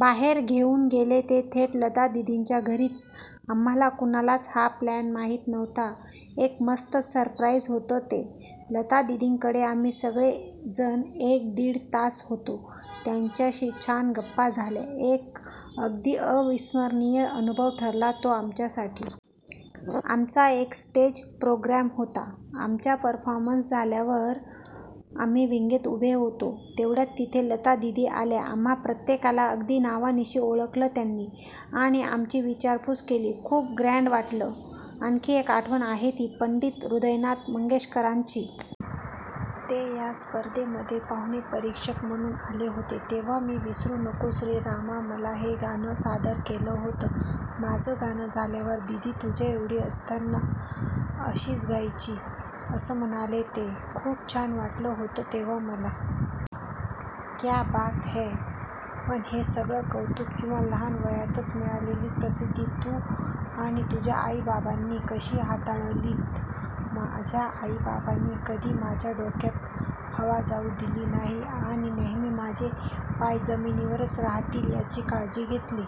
बाहेर घेऊन गेले ते थेट लतादीदींच्या घरीच! आम्हांला कुणालाच हा प्लॅन माहीत नव्हता. एक मस्त सरप्राइझ होतं ते. लतादीदींकडे आम्ही सगळे जण एक-दीड तास होतो. त्यांच्याशी छान गप्पा झाल्या. एक अगदी अविस्मरणीय अनुभव ठरला तो आमच्यासाठी. आमचा एक स्टेज प्रोग्रॅम होता. आमचा परफॉर्मन्स झाल्यावर आम्ही विंगेत उभे होतो. तेवढ्यात तिथे लतादीदी आल्या. आम्हां प्रत्येकाला अगदी नावानिशी ओळखलं त्यांनी आणि आमची विचारपूस केली. खूप ग्रॅण्ड वाटलं! आणखी एक आठवण आहे ती पंडित हृदयनाथ मंगेशकरांची. ते या स्पर्धेमध्ये पाहुणे परीक्षक म्हणून आले होते. तेव्हा मी 'विसरू नको श्रीरामा मला' हे गाणं सादर केलं होतं. माझं गाणं झाल्यावर 'दीदी तुझ्याएवढी असताना अशीच गायची' असं म्हणाले ते! खूप छान वाटलं होतं तेव्हा मला!! क्या बात हैं! पण हे सगळं कौतुक किंवा लहान वयातच मिळालेली प्रसिद्धी तू आणि तुझ्या आई-बाबांनी कशी हाताळलीत? -माझ्या आई-बाबांनी कधी माझ्या डोक्यात हवा जाऊ दिली नाही आणि नेहमी माझे पाय जमिनीवरच राहतील याची काळजी घेतली.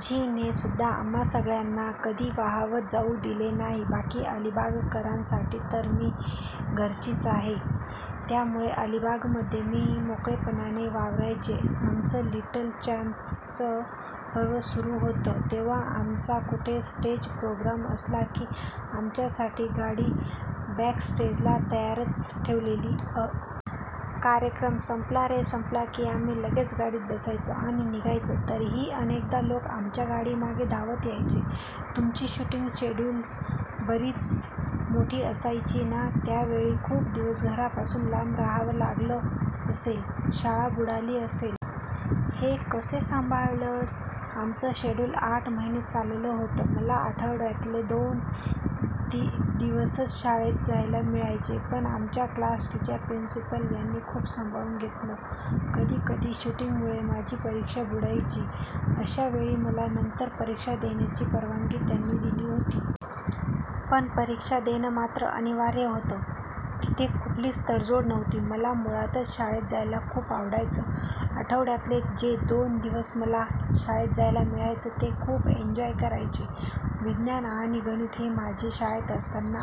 'झी'ने सुद्धा आम्हा सगळ्यांना कधी वाहवत जाऊ दिलं नाही. बाकी अलिबागकरांसाठी तर मी घरचीच आहे. त्यामुळे अलिबागमध्ये मी मोकळेपणाने वावरायचे. आमचं 'लिट्ल चॅम्प्स'चं पर्व सुरू होतं तेव्हा आमचा कुठे स्टेज प्रोग्रॅम असला की, आमच्यासाठी गाडी बॅकस्टेजला तयारच ठेवलेली असायची. कार्यक्रम संपला रे संपला की आम्ही लगेच गाडीत बसायचो आणि निघायचो. तरीही अनेकदा लोक आमच्या गाडीमागे धावत यायचे! तुमची शूटिंग शेड्यूल्स बरीच मोठी असायची ना? त्यावेळी खूप दिवस घरापासून लांब राहावं लागलं असेल, शाळा बुडाली असेल.. हे कसं संभाळलंस? -आमचं शेड्युल आठ महिने चाललं होतं. मला आठवड्यातले दोन दिवसच शाळेत जायला मिळायचं. पण आमच्या क्लास टीचर, प्रिन्सिपल यांनी खूप सांभाळून घेतलं. कधी कधी शूटिंगमुळे माझी परीक्षा बुडायची. अशा वेळी मला नंतर परीक्षा देण्याची परवानगी त्यांनी दिली होती. पण परीक्षा देणं मात्र अनिवार्य होतं. तिथे कुठलीच तडजोड नव्हती. मला मुळात शाळेत जायला खूप आवडायचं. आठवड्यातले जे दोन दिवस मला शाळेत जायला मिळायचं ते मी खूप एन्जॉय करायचे. विज्ञान आणि गणित हे माझे शाळेत असताना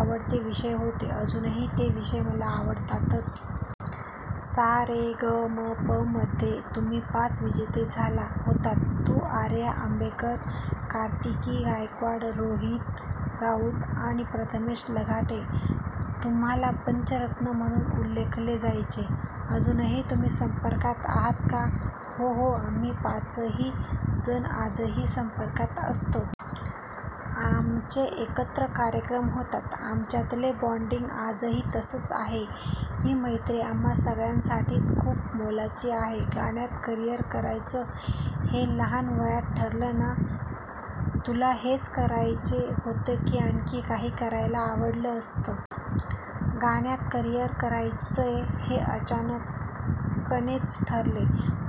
आवडते विषय होते, अजूनही हे विषय मला आवडतातच. 'सारेगमप'मध्ये तुम्ही पाच विजेते झाला होतात- तू, आर्या आंबेकर, कार्तिकी गायकवाड, रोहित राऊत आणि प्रथमेश लघाटे. तुम्हांला 'पंचरत्न' म्हणून उल्लेखलं जायचं. अजूनही तुम्ही संपर्कात आहात का? -हो हो. आम्ही पाचही जण आजही संपर्कात असतो. आमचे एकत्र कार्यक्रम होतात. आमच्यातलं बॉण्डिंग आजही तसंच आहे. ही मैत्री आम्हा सगळ्यांसाठीच खूप मोलाची आहे! गाण्यात करियर करायचं हे लहान वयात ठरलं ना? तुला हेच करायचं होतं, की आणखी काही करायला आवडलं असतं? -गाण्यात करियर करायचं हे अचानकपणेच ठरलं.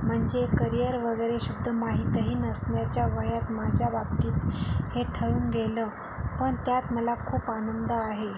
म्हणजे करियर वगैरे शब्द माहीतही नसण्याच्या वयात माझ्या बाबतीत हे ठरून गेलं. पण त्यात मला खूप आनंद आहे.